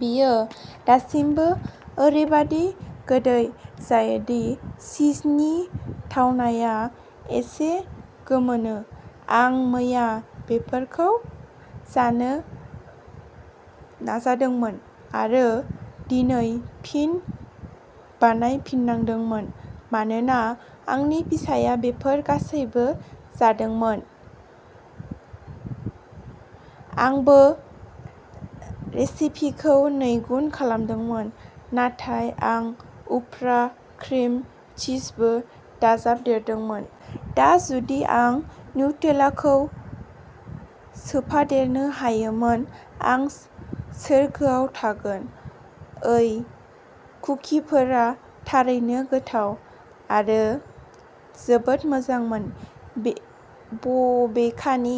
बेयो दासिमबो ओरैबादि गोदै जायो दि चीजनि थावनाया एसे गोमोनो। आं मैया बेफोरखौ जानो नाजादोंमोन आरो दिनै फिन बानायफिननांदोंमोन। मानोना आंनि फिसाया बेफोर गासैबो जादोंमोन! आंबो रेसिपिखौ नैगुन खालामदोंमोन, नाथाय आं उफ्रा क्रिम चीजबो दाजाबदेरदोंमोन। दा जुदि आं नुटेलाखौ सोफादेरनो हायोमोन। आं सोरगोआव थागोन। ओइ कुकिफोरा थारैनो गोथाव आरो जोबोद मोजांमोन। बे बबेखानि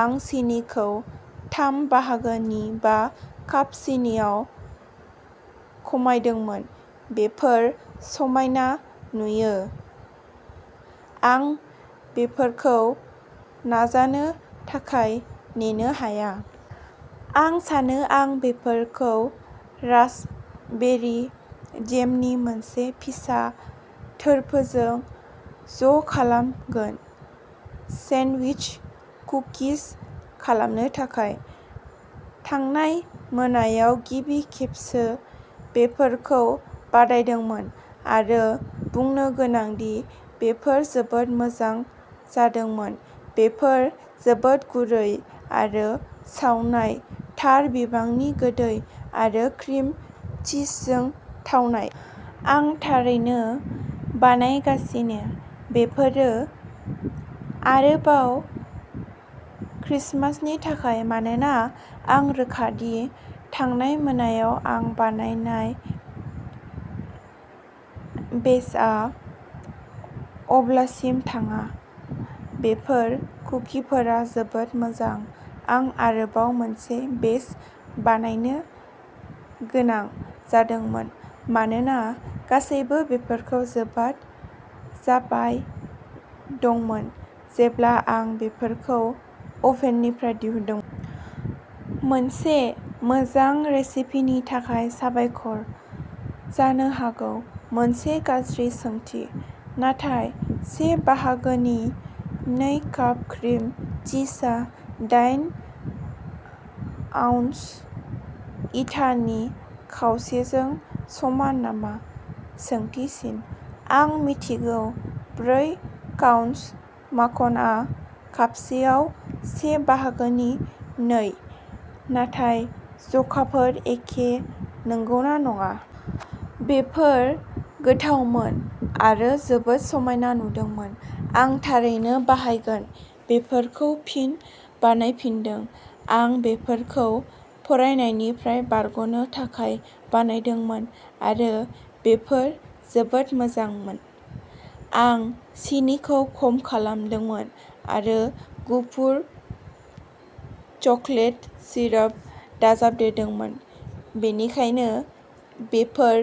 आं सिनिखौ थाम बाहागोनि बा काप सिनिआव खमायदोंमोन। बेफोर समायना नुयो। आं बेफोरखौ नाजानो थाखाय नेनो हाया। आं सानो आं बेफोरखौ रास्पबेरी जेमनि मोनसे फिसा थोरफोजों ज'खालामगोन सेनडविच कुकिज बानायनो थाखाय। थांनाय मोनायाव गिबि खेबसो बेफोरखौ बादायदोंमोन आरो बुंनो गोनां दि बेफोर जोबोद मोजां जादोंमोन। बेफोर जोबोद गुरै आरो सावनाय थार बिबांनि गोदै आरो क्रिम चीजनि थावनाय। आं थारैनो बानायगासिनो। बेफोरो आरोबाव क्रिसमासनि थाखाय मानोना आं रोखा दि थांनाय मोनायाव आं बानायनाय बेचआ अब्लासिम थाङा। बेफोर कुकिफोरा जोबोद मोजां। आं आरोबाव मोनसे बेच बानायनो गोनां जादोंमोन मानोना गासैबो बेफोरखौ जाबाय दंमोन जेब्ला आं बेफोरखौ अभेननिफ्राय दिहुनदोंमोन। मोनसे मोजां रेसिपिनि थाखाय साबायखर! जानो हागौ मोनसे गाज्रि सोंथि-नाथाय से बाहागोनि नै काप क्रिम चीजआ दाइन आउन्स इटानि खावसेजों समान नामा सोंथि सिन आं मिथियो ब्रै खाउन्स माखनआ कापसेआव से बाहागोनि नै नाथाय जखाफोरा एखे नंगौना नङा। बेफोर गोथावमोन आरो जोबोद समायना नुदोंमोन। आं थारैनो बाहायगोन। बेफोरखौ फिन बानायफिनदों। आं बेफोरखौ फरायनायनिफ्राय बारग'नो थाखाय बानायदोंमोन आरो बेफोर जोबोद मोजांमोन। आं सिनिखौ खम खालामदोंमोन आरो गुफुर चकलेट चिप्स दाजाबदेरदोंमोन। बेनिखायनो बेफोर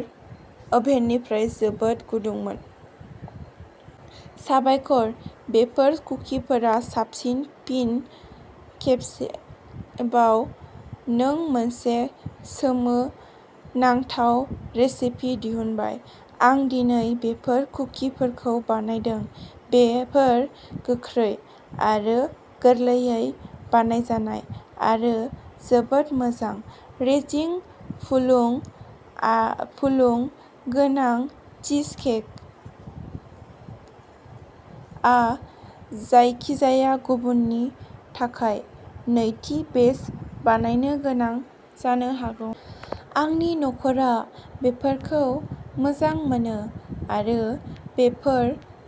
अभेननिफ्राय जोबोद गुदुंमोन। साबायखर! बेफोर कुकिफोरा साबसिन। फिन खेबसेबाव नों मोनसे सोमोनांथाव रेसिपि दिहुनबाय। आं दिनै बेफोर कुकिफोरखौ बानायदों। बेफोर गोख्रै आरो गोरलैयै बानायजानाय आरो जोबोद मोजां। रेजें, फुलुं आ फुलुं गोनां, चीजकेक । आ जायखिजाया गुबुननि थाखाय नैथि बेच बानायनो गोनां जानो हागौ। आंनि नखरा बेफोरखौ मोजां मोनो आरो बेफोर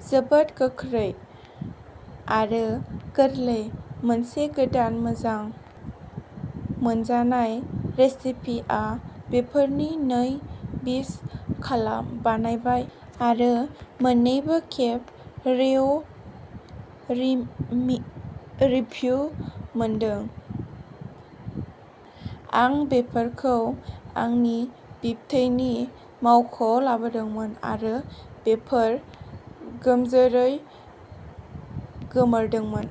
जोबोद गोख्रै आरो गोरलै-मोनसे गोदान मोजां मोनजानाय रेसिपि आं बेफोरनि नै बेच बानायबाय आरो मोननैबो खेब रेव रिमि रिभियुव मोनदों। आं बेफोरखौ आंनि बिबथैनि मावख'आव लांदोंमोन आरो बेफोर गोमजोरै गोमोरदोंमोन।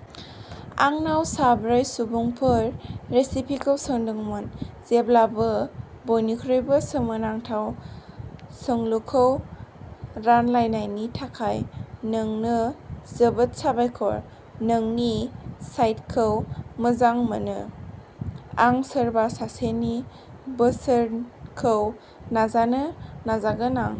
आंनाव सा ब्रै सुबुंफोरा रेसिपिखौ सोंदोंमोन। जेब्लाबो बयनिख्रुइबो सोमोनांथाव सोंलुखौ रानलायनायनि थाखाय नोंनो जोबोद साबायखर। नोंनि साइटखौ मोजां मोनो। आं सोरबा सासेनि बोसोनखौ नाजानो नाजागोन आं